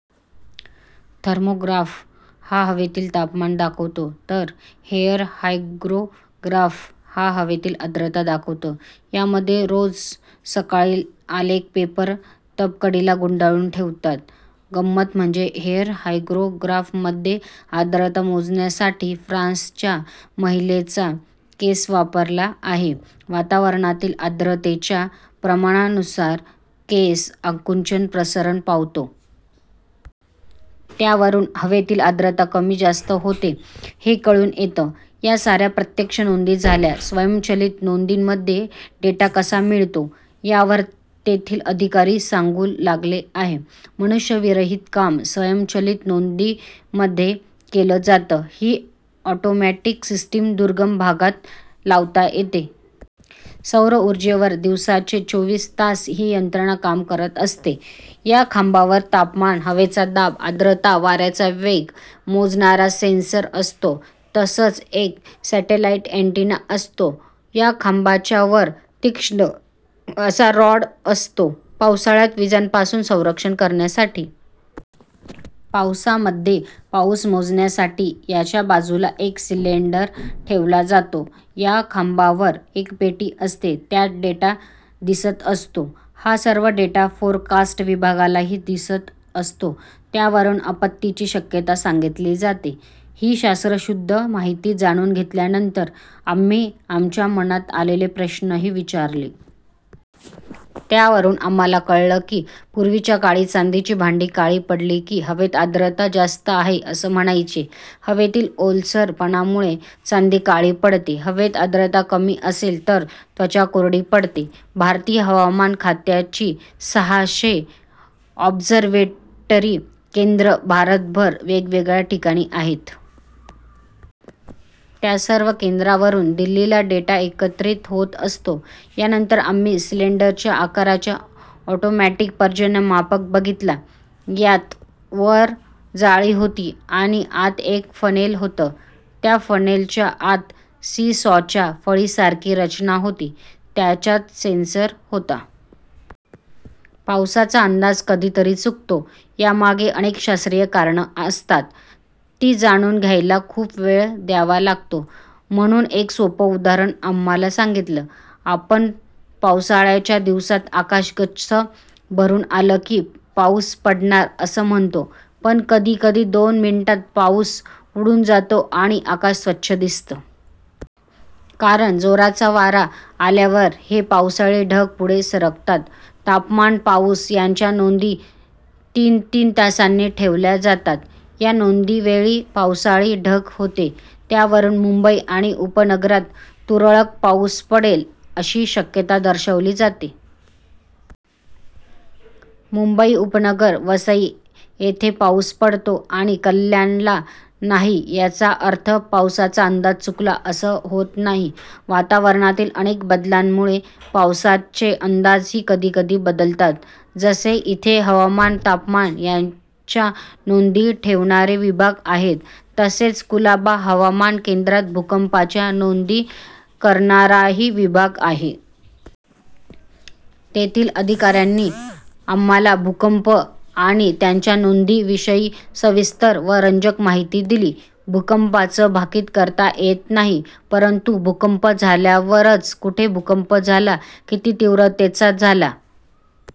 Thermograph' हा हवेतील तापमान दाखवतो, तर 'हेअर हायग्रोग्राफ' हा हवेतील आर्द्रता दाखवतो. यामध्ये रोज सकाळी आलेखपेपर तबकडीला गुंडाळून ठेवतात. गंमत म्हणजे 'हेअर हायग्रोग्राफ'मध्ये आर्द्रता मोजण्यासाठी फ्रान्सच्या महिलेचा केस वापरला आहे. वातावरणातील आर्द्रतेच्या प्रमाणानुसार केस आकुंचन-प्रसरण पावतो. त्यावरून हवेतील आर्द्रता कमी-जास्त होते, हे कळून येतं. या साऱ्या प्रत्यक्ष नोंदी झाल्या. स्वयंचलित नोंदीमध्ये डेटा कसा मिळतो? यावर तेथील अधिकारी सांगू लागले की, मनुष्यविरहीत काम स्वयंचलित नोंदीमध्ये केलं जातं. ही ऑटोमॅटिक सिस्टीम दुर्गम भागात लावता येते. सौर ऊर्जेवर दिवसाचे चोवीस तास ही यंत्रणा काम करत असते. या खांबावर तापमान, हवेचा दाब, आर्द्रता, वाऱ्याचा वेग मोजणारा सेन्सर असतो. तसंच एक सॅटेलाइट अँटीना असतो. या खांबाच्या वर तीक्ष्ण असा रॉड असतो, पावसाळ्यात विजांपासून संरक्षण करण्यासाठी. पावसामध्ये पाऊस मोजण्यासाठी याच्या बाजूला एक सिलिंडर ठेवला जातो. या खांबावर एक पेटी असते, त्यात डेटा दिसत असतो. हा सर्व डेटा फोरकास्ट विभागालाही दिसत असतो. त्यावरून आपत्तीची शक्यता सांगितली जाते. ही शास्त्रशुद्ध माहिती जाणून घेतल्यानंतर आम्ही आमच्या मनात आलेले प्रश्नही विचारले. त्यावरून आम्हांला कळलं की, पूर्वीच्या काळी चांदीची भांडी काळी पडली की, हवेत आर्द्रता जास्त आहे असं म्हणायचे. हवेतील ओलसरपणामुळे चांदी काळी पडते. हवेत आर्द्रता कमी असेल तर त्वचा कोरडी पडते. भारतीय हवामान खात्याची सहाशे ऑब्झर्व्हेटरी केंद्रं भारतभर वेगवेगळ्या ठिकाणी आहेत. त्या सर्व केंद्रांवरून दिल्लीला डेटा एकत्रित होत असतो. यानंतर आम्ही सिलिंडरच्या आकाराचा ऑटोमॅटिक पर्जन्यमापक बघितला. यात वर जाळी होती आणि आत एक फनेल होतं. त्या फनेलच्या आत सी-सॉच्या फळीसारखी रचना होती. त्याच्यात सेन्सर होता. पावसाचा अंदाज कधीतरी चुकतो, यामागे अनेक शास्त्रीय कारणं असतात. ती जाणून घ्यायला खूप वेळ द्यावा लागतो. म्हणून एक सोपं उदाहरण आम्हांला सांगितलं. आपण पावसाळ्याच्या दिवसात आकाश गच्च भरून आलं की, पाऊस पडणार असं म्हणतो, पण कधी कधी दोन मिनिटांत पाऊस उडून जातो आणि आकाश स्वच्छ दिसतं. कारण जोराचा वारा आल्यावर हे पावसाळी ढग पुढे सरकतात. तापमान, पाऊस याच्या नोंदी तीन-तीन तासांनी ठेवल्या जातात. या नोंदीवेळी पावसाळी ढग होते; त्यावरून मुंबई आणि उपनगरात तुरळक पाऊस पडेल अशी शक्यता दर्शवली जाते. मुंबई उपनगर, वसई येथे पाऊस पडतो आणि कल्याणला नाही याचा अर्थ पावसाचा अंदाज चुकला असं होत नाही. वातावरणातील अनेक बदलांमुळे पावसाचे अंदाज हे कधी कधी बदलतात. जसे इथे हवामान, तापमान याच्या नोंदी ठेवणारे विभाग आहेत, तसेच कुलाबा हवामान केंद्रात भूकंपाच्या नोंदी करणाराही विभाग आहे. तेथील अधिकाऱ्यांनी आम्हांला भूकंप आणि त्यांच्या नोंदीविषयी सविस्तर व रंजक माहिती दिली. भूकंपाचं भाकीत करता येत नाही, परंतु भूकंप झाल्यावरच कुठे भूकंप झाला, किती तीव्रतेचा झाला,